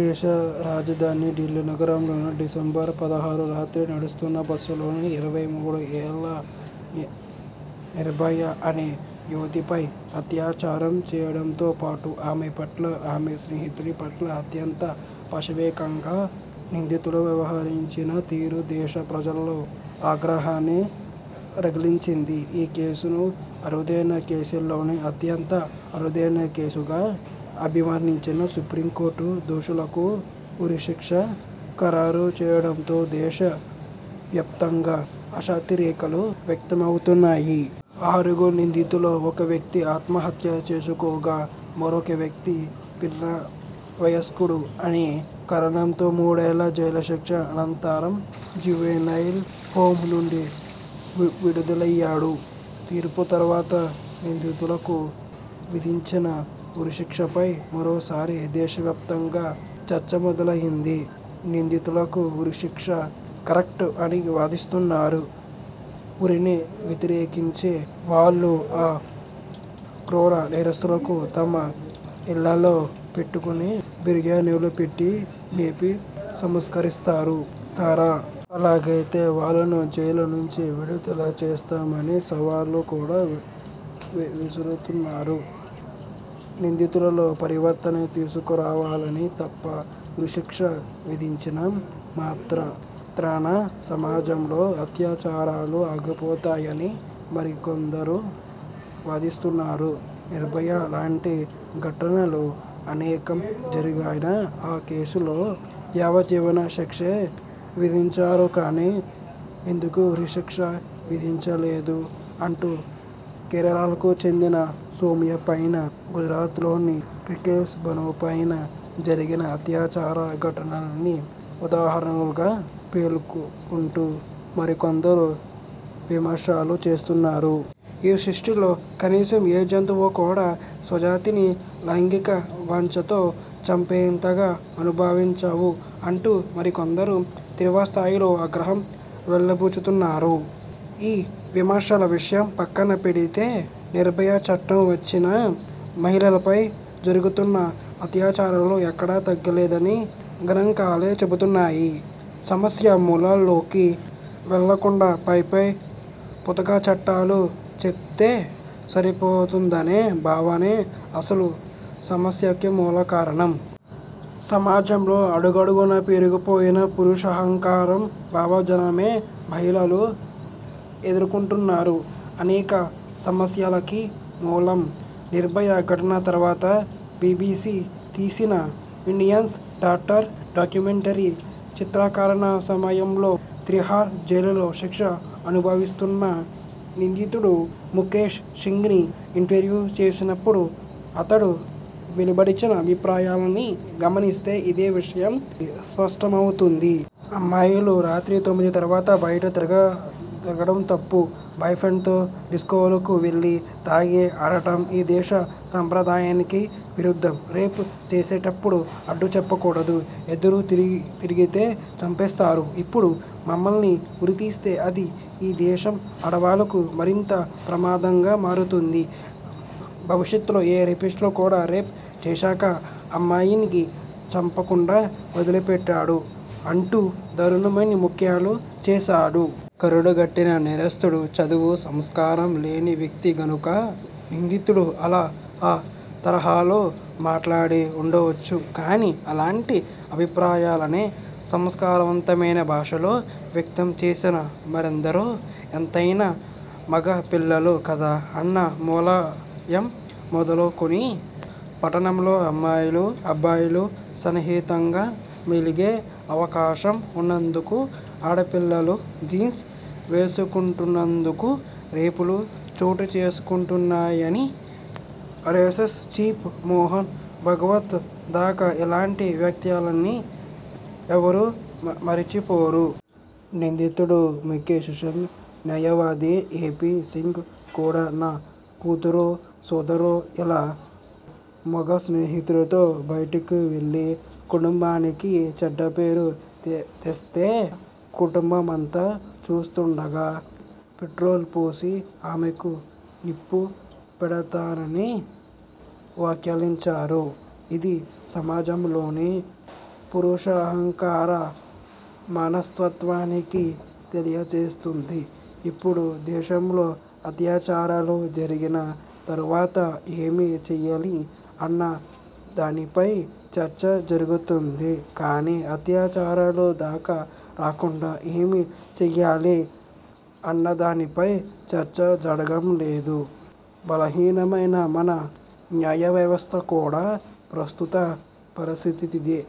దేశ రాజధాని ఢిల్లీ నగరంలో డిసెంబర్ పదహారు రాత్రి నడుస్తున్న బస్సులో ఇరవై మూడు ఏళ్ళ 'నిర్భయ' అనే యువతిపై అత్యా చారం చేయడంతో పాటు ఆమె పట్ల, ఆమె స్నేహితుడి పట్ల అత్యంత పశవికంగా నిందితులు వ్యవహరించిన తీరు దేశ ప్రజల్లో ఆగ్రహాన్నీ రగిలించింది. ఈ కేసును అరుదైన కేసుల్లోనే అత్యంత అరుదైన కేసుగా అభివర్ణించిన సుప్రీంకోర్టు దోషులకు ఉరిశిక్ష ఖరారు చేయడంతో దేశ వ్యప్తంగా హర్షతిరేకాలు వ్యక్తమవుతున్నాయి. ఆరుగురు నిందితులలో ఒక వ్యక్తి ఆత్మహత్య చేసుకోగా, మరొక వ్యక్తి పిన్న వయస్కుడు అనే కరణంతో మూడేళ్ళ జైలుశిక్ష అనంతరం జువెనైల్ హోమ్ నుండి విడుదలయ్యాడు. తీర్పు తరువాత నిందితులకు విధించిన ఉరిశిక్షపై మరోసారి దేశవ్యాప్తంగా చర్చ మొదలయ్యింది. నిందితులకు ఉరిశిక్ష కరెక్ట్ అని వాదిస్తున్నారు. ఉరిని వ్యతిరేకించే వాళ్ళు ఆ క్రూర నేరస్థులకు తమ ఇళ్ళల్లో పెట్టుకుని బిర్యానీలు పెట్టి మేపి సంస్కరిస్తారు రిస్తారా? అలాగైతే వాళ్ళను జైళ్ళ నుంచి విడుదల చేస్తాం అని సవాళ్ళు కూడా వి విసురుతున్నారు. నిందితులల్లో పరివర్తన తీసుకురావాలని తప్ప ఉరిశిక్ష విధించిన మాత్రాత్రాన న సమాజంలో అత్యాచారాలు ఆగిపోతాయా అని మరికొందరు వాదిస్తున్నారు. నిర్భయ లాంటి ఘటనలు అనేకం జరిగినా ఆ కేసుల్లో యావజ్జీవన శిక్షే విధించారు కానీ, ఎందుకు ఉరిశిక్ష విధించలేదు అంటూ కేరళకు చెందిన సౌమ్యపైనా, గుజరాత్లోని బిల్కిస్ బానోపైనా జరిగిన అత్యాచార ఘటనల్ని ఉదాహరణలుగా పేర్కొంటూ మరికొందరు విమర్శలు చేస్తున్నారు. ఈ సృష్టిలో కనీసం ఏ జంతువు కూడా స్వజాతిని లైంగిక వాంఛతో చంపేంతగా అనుభవించవు అంటూ మరికొందరు తీవ్రస్థాయిలో ఆగ్రహం వెళ్లబుచ్చుతున్నారు. ఈ విమర్శల విషయం పక్కన పెడితేనిర్భయ చట్టం వచ్చినా మహిళలపై జరుగుతున్న అత్యాచారాలు ఎక్కడా తగ్గలేదని గణాంకాలే చెబుతున్నాయి. సమస్య మూలాల్లోకి వెళ్లకుండా పైపై పూతగా చట్టాలు చేపోతే సరిపోతుందనే భావనే అసలు సమస్యకి మూలకారణం. సమాజంలో అడుగడుగునా పేరుకుపోయిన పురుషాహంకారం భావజలమే మహిళలు ఎదుర్కొంటున్నారు. అనేక సమస్యలకి మూలం. నిర్భయ ఘటన తరువాత బీబీసీ తీసిన 'ఇండియాస్ డాటర్' డాక్యుమెంటరీ చిత్రీకరణ సమయంలో తీహార్ జైలులో శిక్ష అనుభవిస్తున్న నిందితుడు ముఖేశ్ సింగ్ని ఇంటర్వ్యూ చేసినప్పుడు అతడు వెలిబుచ్చిన అభిప్రాయాలని గమనిస్తే ఇదే విషయం స్పష్టమవుతుంది. మహిళలు రాత్రి తొమ్మిది తరువాత బయట తిరగ తిరగడం తప్పు. బాయ్ఫ్రెండ్స్తో డిస్కోలకు వెళ్లి తాగి ఆడడం ఈ దేశ సాంప్రదాయానికి విరుద్ధం. రేప్ చేసేటప్పుడు అడ్డుచెప్పకూడదు. ఎదురు తిరిగితే చంపేస్తారు. ఇప్పుడు మమ్మల్ని ఉరితీస్తే అది ఈ దేశం ఆడవాళ్లకు మరింత ప్రమాదంగా మారుతుంది. భవిష్యత్తులో ఏ రేపిస్టు కూడా రేప్ చేసాక అమ్మాయిని చంపకుండా వదిలిపెట్టడు' అంటూ దరుణమైన వక్యాలు చేసాడు. కరుడు గట్టిన నేరస్థుడు, చదువు, సంస్కారం లేని వ్యక్తి గనుక నిందితుడు అలా ఆ తరహాలో మాట్లాడి ఉండవచ్చు కానీ, అలాంటి అభిప్రాయాలనే సంస్కారవంతమైన భాషలో వ్యక్తంచేసిన మరెందరో! 'ఎంతైనా మగ పిల్లలు కదా' అన్న ములాయం మొదలుకొని, 'పట్టనమ్లో అమ్మాయిలు, అబ్బాయిలు సన్నిహితంగా మెలిగే అవకాశం ఉన్నందుకూ, ఆడపిల్లలు జీన్స్ వేసుకుంటున్నందుకూ రేప్లు చోటుచేసుకుంటున్నాయని' ఆరెస్సెస్ చీఫ్ మోహన్ భగవత్ దాకా ఇలాంటి వ్యాఖ్యల్ని ఎవరూ మరిచిపోరు. నిందితుడు ముకేశ్ సింగ్ న్యాయవాది ఏపీ సింగ్ కూడా నా కూతురో, సోదరో ఇలా మగస్నేహితుడితో బయటకివెళ్ళి కుటుంబానికి చెడ్డపేరు తెస్తే కుటుంబమంతా చూస్తుండగా పెట్రోల్ పోసి ఆమెకు నిప్పు పెడతానని వఖ్యానించాడు. ఇది సమాజంలోని పురుషాహంకార మనస్తత్వానికి తెలియచేస్తుంది. ఇప్పుడు దేశంలో అత్యాచారాలు జరిగిన తరువాత ఏమి చేయాలి అన్న దానిపైనే చర్చ జరుగుతుంది కానీ, అత్యాచారాలు దాకా రాకుండా ఏమి చేయాలి అన్నదానిపై చర్చ జరగడం లేదు. బలహీనమైన మన న్యాయవ్యవస్థ కూడా ప్రస్తుత పరిస్థితికి